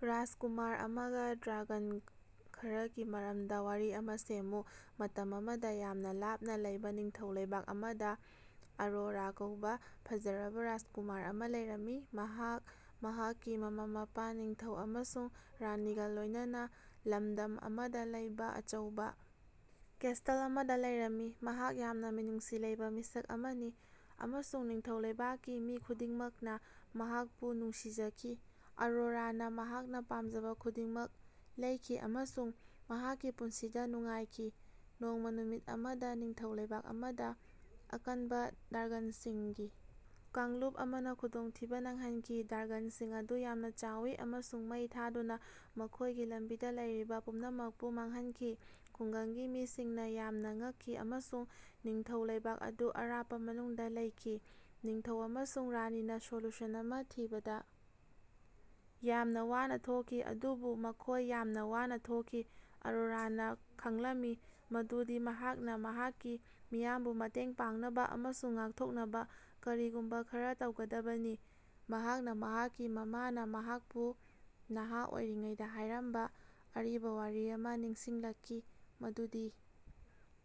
ꯔꯥꯖꯀꯨꯃꯥꯔ ꯑꯃꯒꯥ ꯗ꯭ꯔꯥꯒꯟ ꯈꯔꯒꯤ ꯃꯔꯝꯗꯥ ꯋꯥꯔꯤ ꯑꯃꯥ ꯁꯦꯝꯃꯨ꯫ ꯃꯇꯝ ꯑꯃꯗꯥ ꯌꯥꯝꯅꯥ ꯂꯥꯞꯅꯥ ꯂꯩꯕꯥ ꯅꯤꯡꯊꯧ ꯂꯩꯕꯥꯛ ꯑꯃꯗꯥ ꯑꯔꯣꯔꯥ ꯀꯧꯕꯥ ꯐꯖꯔꯕꯥ ꯔꯥꯖꯀꯨꯃꯥꯔ ꯑꯃꯥ ꯂꯩꯔꯝꯃꯤ꯫ ꯃꯍꯥꯛ ꯃꯍꯥꯛꯀꯤ ꯃꯃꯥ-ꯃꯄꯥ ꯅꯤꯡꯊꯧ ꯑꯃꯁꯨꯡ ꯔꯥꯅꯤꯒꯥ ꯂꯣꯏꯅꯅꯥ ꯂꯝꯗꯝ ꯑꯃꯗꯥ ꯂꯩꯕꯥ ꯑꯆꯧꯕꯥ ꯀꯦꯁꯇꯜ ꯑꯃꯗꯥ ꯂꯩꯔꯝꯃꯤ꯫ ꯃꯍꯥꯛ ꯌꯥꯝꯅꯥ ꯃꯤꯅꯨꯡꯁꯤ ꯂꯩꯕꯥ ꯃꯤꯁꯛ ꯑꯃꯅꯤ ꯑꯃꯁꯨꯡ ꯅꯤꯡꯊꯧ ꯂꯩꯕꯥꯛꯀꯤ ꯃꯤ ꯈꯨꯗꯤꯡꯃꯛꯅꯥ ꯃꯍꯥꯛꯄꯨ ꯅꯨꯡꯁꯤꯖꯈꯤ꯫ ꯑꯔꯣꯔꯥꯅꯥ ꯃꯍꯥꯛꯅꯥ ꯄꯥꯝꯖꯕꯥ ꯈꯨꯗꯤꯡꯃꯛ ꯂꯩꯈꯤ ꯑꯃꯁꯨꯡ ꯃꯍꯥꯛꯀꯤ ꯄꯨꯟꯁꯤꯗꯥ ꯅꯨꯡꯉꯥꯏꯈꯤ, ꯅꯣꯡꯃꯥ ꯅꯨꯃꯤꯠ ꯑꯃꯗꯥ ꯅꯤꯡꯊꯧ ꯂꯩꯕꯥꯛ ꯑꯃꯗ ꯑꯀꯟꯕꯥ ꯗ꯭ꯔꯥꯒꯟꯁꯤꯡꯒꯤ ꯀꯥꯡꯂꯨꯞ ꯑꯃꯅꯥ ꯈꯨꯗꯣꯡꯊꯤꯕꯥ ꯅꯪꯍꯟꯈꯤ꯫ ꯗ꯭ꯔꯥꯒꯟꯁꯤꯡ ꯑꯗꯨ ꯌꯥꯝꯅꯥ ꯆꯥꯎꯏ ꯑꯃꯁꯨꯡ ꯃꯩ ꯊꯥꯗꯨꯅꯥ ꯃꯈꯣꯏꯒꯤ ꯂꯝꯕꯤꯗꯥ ꯂꯩꯔꯤꯕꯥ ꯄꯨꯝꯅꯃꯛꯄꯨ ꯃꯥꯡꯍꯟꯈꯤ꯫ ꯈꯨꯡꯒꯪꯒꯤ ꯃꯤꯁꯤꯡꯅꯥ ꯌꯥꯝꯅꯥ ꯉꯛꯈꯤ ꯑꯃꯁꯨꯡ ꯅꯤꯡꯊꯧ ꯂꯩꯕꯥꯛ ꯑꯗꯨ ꯑꯔꯥꯞꯄꯥ ꯃꯅꯨꯡꯗꯥ ꯂꯩꯈꯤ꯫ ꯅꯤꯡꯊꯧ ꯑꯃꯁꯨꯡ ꯔꯥꯅꯤꯅꯥ ꯁꯣꯂꯨꯁꯟ ꯑꯃꯥ ꯊꯤꯕꯗꯥ ꯌꯥꯝꯅꯥ ꯋꯥꯅꯥ ꯊꯣꯛꯈꯤ ꯑꯗꯨꯕꯨ ꯃꯈꯣꯏ ꯌꯥꯝꯅꯥ ꯋꯥꯅꯥ ꯊꯣꯛꯈꯤ꯫ ꯑꯔꯣꯔꯥꯅꯥ ꯈꯪꯂꯝꯏ ꯃꯗꯨꯗꯤ ꯃꯍꯥꯛꯅꯥ ꯃꯍꯥꯛꯀꯤ ꯃꯤꯌꯥꯝꯕꯨ ꯃꯇꯦꯡ ꯄꯥꯡꯅꯕꯥ ꯑꯃꯁꯨꯡ ꯉꯥꯛꯊꯣꯛꯅꯕꯥ ꯀꯔꯤꯒꯨꯝꯕꯥ ꯈꯔꯥ ꯇꯧꯒꯗꯕꯅꯤ꯫ ꯃꯍꯥꯛꯅꯥ ꯃꯍꯥꯛꯀꯤ ꯃꯃꯥꯅꯥ ꯃꯍꯥꯛꯄꯨ ꯅꯍꯥ ꯑꯣꯏꯔꯤꯉꯩꯗꯥ ꯍꯥꯏꯔꯝꯕꯥ ꯑꯔꯤꯕꯥ ꯋꯥꯔꯤ ꯑꯃꯥ ꯅꯤꯡꯁꯤꯡꯂꯛꯈꯤ, ꯃꯗꯨꯗꯤ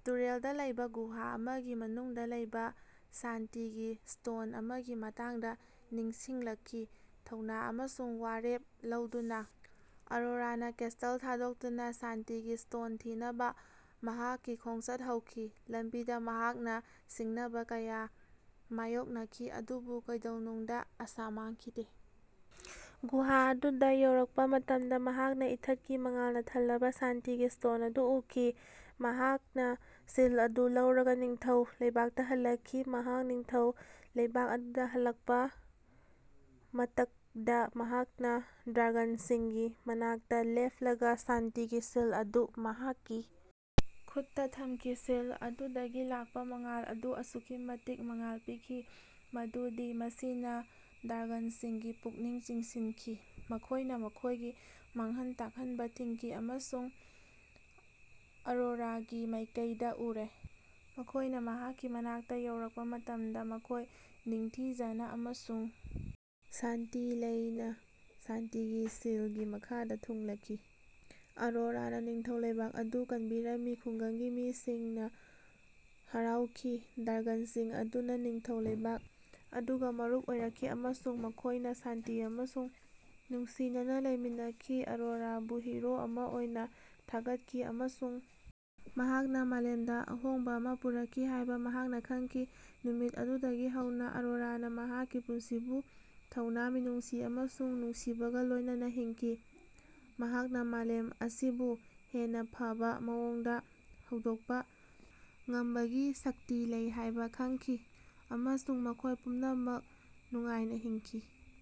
ꯇꯨꯔꯦꯜꯗꯥ ꯂꯩꯕꯥ ꯒꯨꯍꯥ ꯑꯃꯒꯤ ꯃꯅꯨꯡꯗꯥ ꯂꯩꯕꯥ ꯁꯥꯟꯇꯤꯒꯤ ꯁ꯭ꯇꯣꯟ ꯑꯃꯒꯤ ꯃꯇꯥꯡꯗꯥ ꯅꯤꯡꯁꯤꯡꯂꯛꯈꯤ꯫ ꯊꯧꯅꯥ ꯑꯃꯁꯨꯡ ꯋꯥꯔꯦꯞ ꯂꯧꯗꯨꯅꯥ ꯑꯔꯣꯔꯥꯅꯥ ꯀꯦꯁꯇꯜ ꯊꯥꯗꯣꯛꯇꯨꯅꯥ ꯁꯥꯟꯇꯤꯒꯤ ꯁ꯭ꯇꯣꯟ ꯊꯤꯅꯕꯥ ꯃꯍꯥꯛꯀꯤ ꯈꯣꯡꯆꯠ ꯍꯧꯈꯤ꯫ ꯂꯝꯕꯤꯗꯥ ꯃꯍꯥꯛꯅꯥ ꯁꯤꯡꯅꯕꯥ ꯀꯌꯥ ꯃꯥꯌꯣꯛꯅꯈꯤ ꯑꯗꯨꯕꯨ ꯀꯩꯗꯧꯅꯨꯡꯗꯥ ꯑꯥꯁꯥ ꯃꯥꯡꯈꯤꯗꯦ꯫ ꯒꯨꯍꯥ ꯑꯗꯨꯗꯥ ꯌꯧꯔꯛꯄꯥ ꯃꯇꯝꯗꯥ ꯃꯍꯥꯛꯅꯥ ꯏꯊꯠꯀꯤ ꯃꯉꯥꯜꯅꯥ ꯊꯜꯂꯕꯥ ꯁꯥꯟꯇꯤꯒꯤ ꯁ꯭ꯇꯣꯟ ꯑꯗꯨ ꯎꯈꯤ꯫ ꯃꯍꯥꯛꯅꯥ ꯁꯤꯜ ꯑꯗꯨ ꯂꯧꯔꯒꯥ ꯅꯤꯡꯊꯧ ꯂꯩꯕꯥꯛꯇꯥ ꯍꯜꯂꯛꯈꯤ꯫ ꯃꯍꯥꯛ ꯅꯤꯡꯊꯧ ꯂꯩꯕꯥꯛ ꯑꯗꯨꯗꯥ ꯍꯜꯂꯛꯄꯥ ꯃꯇꯛꯗꯥ ꯃꯍꯥꯛꯅꯥ ꯗ꯭ꯔꯥꯒꯟꯁꯤꯡꯒꯤ ꯃꯅꯥꯛꯇꯥ ꯂꯦꯞꯂꯒꯥ ꯁꯥꯟꯇꯤꯒꯤ ꯁꯤꯜ ꯑꯗꯨ ꯃꯍꯥꯛꯀꯤ ꯈꯨꯠꯇꯥ ꯊꯝꯈꯤ꯫ ꯁꯤꯜ ꯑꯗꯨꯗꯒꯤ ꯂꯥꯛꯄꯥ ꯃꯉꯥꯜ ꯑꯗꯨ ꯑꯁꯨꯛꯀꯤ ꯃꯇꯤꯛ ꯃꯉꯥꯜ ꯄꯤꯈꯤ ꯃꯗꯨꯗꯤ ꯃꯁꯤꯅꯥ ꯗ꯭ꯔꯥꯒꯟꯁꯤꯡꯒꯤ ꯄꯨꯛꯅꯤꯡ ꯆꯤꯡꯁꯤꯟꯈꯤ꯫ ꯃꯈꯣꯏꯅꯥ ꯃꯈꯣꯏꯒꯤ ꯃꯥꯡꯍꯟ ꯇꯥꯛꯍꯟꯕꯥ ꯊꯤꯡꯈꯤ ꯑꯃꯁꯨꯡ ꯑꯔꯣꯔꯥꯒꯤ ꯃꯥꯏꯀꯩꯗꯥ ꯎꯔꯦ꯫ ꯃꯈꯣꯏꯅꯥ ꯃꯍꯥꯛꯀꯤ ꯃꯅꯥꯛꯇꯥ ꯌꯧꯔꯛꯄꯥ ꯃꯇꯝꯗꯥ ꯃꯈꯣꯏ ꯅꯤꯡꯊꯤꯖꯅꯥ ꯑꯃꯁꯨꯡ ꯁꯥꯟꯇꯤ ꯂꯩꯅꯥ ꯁꯥꯟꯇꯤꯒꯤ ꯁꯤꯜꯒꯤ ꯃꯈꯥꯗꯥ ꯊꯨꯡꯂꯈꯤ꯫ ꯑꯔꯣꯔꯥꯅꯥ ꯅꯤꯡꯊꯧ ꯂꯩꯕꯥꯛ ꯑꯗꯨ ꯀꯟꯕꯤꯔꯝꯃꯤ, ꯈꯨꯡꯒꯪꯒꯤ ꯃꯤꯁꯤꯡꯅꯥ ꯍꯔꯥꯎꯈꯤ꯫ ꯗ꯭ꯔꯥꯒꯟꯁꯤꯡ ꯑꯗꯨꯅꯥ ꯅꯤꯡꯊꯧ ꯂꯩꯕꯥꯛ ꯑꯗꯨꯒꯥ ꯃꯔꯨꯞ ꯑꯣꯏꯔꯛꯈꯤ ꯑꯃꯁꯨꯡ ꯃꯈꯣꯏꯅꯥ ꯁꯥꯟꯇꯤ ꯑꯃꯁꯨꯡ ꯅꯨꯡꯁꯤꯅꯅꯥ ꯂꯩꯃꯤꯟꯅꯈꯤ꯫ ꯑꯔꯣꯔꯥꯕꯨ ꯍꯤꯔꯣ ꯑꯃꯥ ꯑꯣꯏꯅꯥ ꯊꯥꯒꯠꯈꯤ ꯑꯃꯁꯨꯡ ꯃꯍꯥꯛꯅꯥ ꯃꯥꯂꯦꯝꯗꯥ ꯑꯍꯣꯡꯕꯥ ꯑꯃꯥ ꯄꯨꯔꯛꯈꯤ ꯍꯥꯏꯕꯥ ꯃꯍꯥꯛꯅꯥ ꯈꯪꯈꯤ꯫ ꯅꯨꯃꯤꯠ ꯑꯗꯨꯗꯒꯤ ꯍꯧꯅꯥ ꯑꯔꯣꯔꯥꯅꯥ ꯃꯍꯥꯛꯀꯤ ꯄꯨꯟꯁꯤꯕꯨ ꯊꯧꯅꯥ, ꯃꯤꯅꯨꯡꯁꯤ ꯑꯃꯁꯨꯡ ꯅꯨꯡꯁꯤꯕꯒꯥ ꯂꯣꯏꯅꯅꯥ ꯍꯤꯡꯈꯤ, ꯃꯍꯥꯛꯅꯥ ꯃꯥꯂꯦꯝ ꯑꯁꯤꯕꯨ ꯍꯦꯟꯅꯥ ꯐꯕꯥ ꯃꯑꯣꯡꯗꯥ ꯍꯧꯗꯣꯛꯄꯥ ꯉꯝꯕꯒꯤ ꯁꯛꯇꯤ ꯂꯩ ꯍꯥꯏꯕꯥ ꯈꯪꯈꯤ ꯑꯃꯁꯨꯡ ꯃꯈꯣꯏ ꯄꯨꯝꯅꯃꯛ ꯅꯨꯡꯉꯥꯏꯅꯥ ꯍꯤꯡꯈꯤ꯫